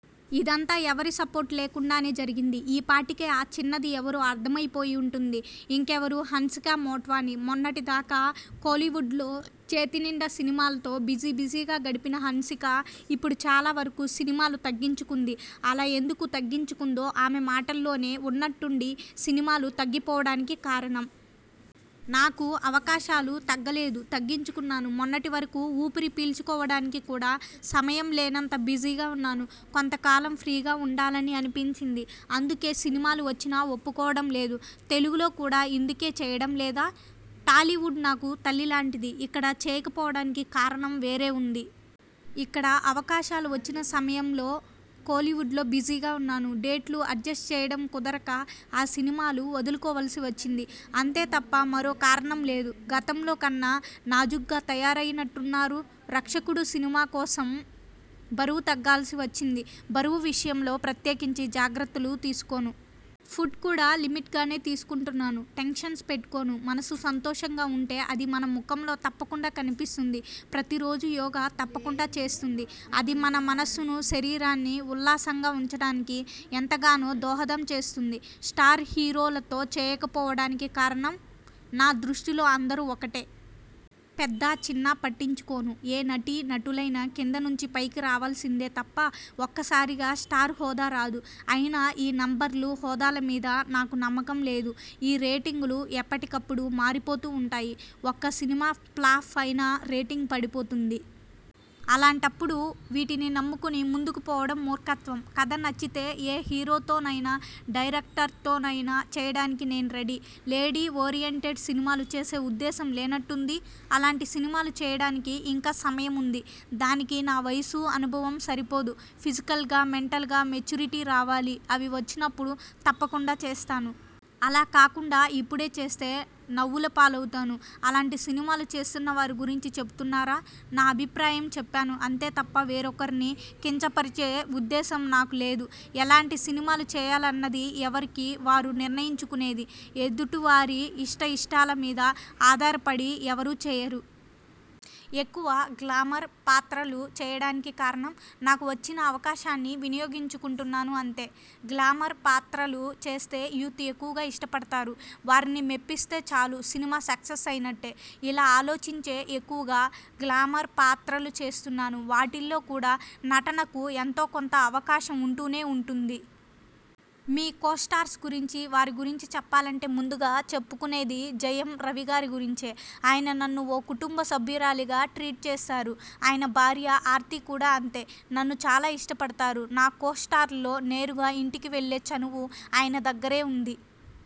ఇదంతా ఎవరి సపోర్ట్ లేకుండానే జరిగింది. ఈ పాటికే ఆ చిన్నది ఎవరో అర్థమైపోయి ఉంటుంది. ఇంకెవరు హన్సికా మోట్వాని. మొన్నటి దాకా కోలీవుడ్లో చేతినిండా సినిమాలతో బిజి బిజీగా గడిపిన హన్సిక ఇప్పుడు చాలా వరకూ సినిమాలు తగ్గించుకుంది. అలా ఎందుకు తగ్గించుకుందో ఆమె మాటల్లోనే ఉన్నట్టుండి సినిమాలు తగ్గిపోవడానికి కారణం? నాకు అవకాశాలు తగ్గలేదు. తగ్గించుకున్నాను. మొన్నటి వరకూ ఊపిరి పీల్చుకోవడానికి కూడా సమయం లేనంత బిజీగా ఉన్నాను. కొంతకాలం ఫ్రీగా ఉండాలని అనిపించింది. అందుకే సినిమాలు వచ్చినా ఒప్పుకోవడంలేదు. తెలుగులో కూడా ఇందుకే చేయడం లేదా? టాలీవుడ్ నాకు తల్లి లాంటిది. ఇక్కడ చేయకపోవడానికి కారణం వేరే ఉంది. ఇక్కడ అవకాశాలు వచ్చిన సమయంలో కోలీవుడ్లో బిజీగా ఉన్నాను. డేట్లు అడ్జస్ట్ చేయడం కుదరక ఆ సినిమాలు వదులుకోవలసి వచ్చింది అంతే తప్ప మరో కారణం లేదు. గతంలో కన్నా నాజూగ్గా తయారైనట్టున్నారు? 'రక్షకుడు' సినిమా కోసం బరువు తగ్గాల్సి వచ్చింది. బరువు విషయంలో ప్రత్యేకించి జాగ్రత్తలు తీసుకోను. ఫుడ్ కూడా లిమిట్గానే తీసుకుంటాను. టెన్షన్స్ పెట్టుకోను. మనస్సు సంతోషంగా ఉంటే అది మన ముఖంలో తప్పకుండా కనిపిస్తుంది. ప్రతి రోజూ యోగా తప్పకుండా చేస్తుంది. అది మన మనస్సునూ, శరీరాన్ని ఉల్లాసంగా ఉంచడానికి ఎంతగానో దోహదం చేస్తుంది. స్టార్ హీరోలతో చేయకపోవడానికి కారణం? నా దృష్టిలో అందరూ ఒకటే! పెద్దా చిన్నా పట్టించుకోను. ఏ నటీ నటులైనా కింద నుంచి పైకి రావలసిందే తప్ప ఒక్కసారిగా స్టార్ హోదా రాదు. అయినా ఈ నెంబర్లు, హోదాల మీద నాకు నమ్మకం లేదు. ఈ రేటింగులు ఎప్పటికప్పుడు మారిపోతూ ఉంటాయి. ఒక్క సినిమా ఫ్లాప్ అయినా రేటింగ్ పడిపోతుంది. అలాంటప్పుడు వీటిని నమ్ముకుని ముందుకు పోవడం మూర్ఖత్వం. కథ నచ్చితే ఏ హీరోతోనైనా, డైరక్టర్తోనైనా చేయడానికి నేను రెడీ! లేడీ ఓరియెంటెడ్ సినిమాలు చేసే ఉద్దేశ్యం లేనట్టుంది? అలాంటి సినిమాలు చేయడానికి ఇంకా సమయముంది. దానికి నా వయసు, అనుభవం సరిపోదు. ఫిజికల్గా, మెంటల్గా మెచ్యూరిటీ రావాలి అవి వచ్చినప్పుడు తప్పకుండా చేస్తాను. అలా కాకుండా ఇప్పుడే చేస్తే నవ్వుల పాలు అవుతాను. అలాంటి సినిమాలు చేస్తున్న వారి గురించి చెబుతున్నారా? నా అభిప్రాయం చెప్పాను అంతే తప్ప వేరొకరిని కించపరిచే ఉద్దేశం నాకు లేదు. ఎలాంటి సినిమాలు చేయాలన్నది ఎవరికి వారు నిర్ణయించుకునేది. ఎదుటి వారి ఇష్టాఇష్టాల మీద ఆధారపడి ఎవరూ చేయరు. ఎక్కువ గ్లామర్ పాత్రలు చేయడానికి కారణం? నాకు వచ్చిన అవకాశాన్ని వినియోగించుకుంటున్నాను అంతే! గ్లామర్ పాత్రలు చేస్తే యూత్ ఎక్కువగా ఇష్టపడతారు. వారిని మెప్పిస్తే చాలు సినిమా సక్సెస్ అయినట్టే! ఇలా ఆలోచించే ఎక్కువగా గ్లామర్ పాత్రలు చేస్తున్నాను. వాటిల్లో కూడా నటనకు ఎంతో కొంత అవకాశం ఉంటూనే ఉంటుంది. మీ కోస్టార్స్ గురించి వారి గురించి చెప్పాలంటే ముందుగా చెప్పుకునేది జయం రవిగారి గురించే! ఆయన నన్ను ఓ కుటుంబ సభ్యురాలిగా ట్రీట్ చేస్తారు. ఆయన భార్య ఆర్తి కూడా అంతే! నన్ను చాలా ఇష్టపడతారు. నా కోర్ స్టార్స్లో నేరుగా ఇంటికి వెళ్ళే చనువు ఆయన దగ్గరే ఉంది.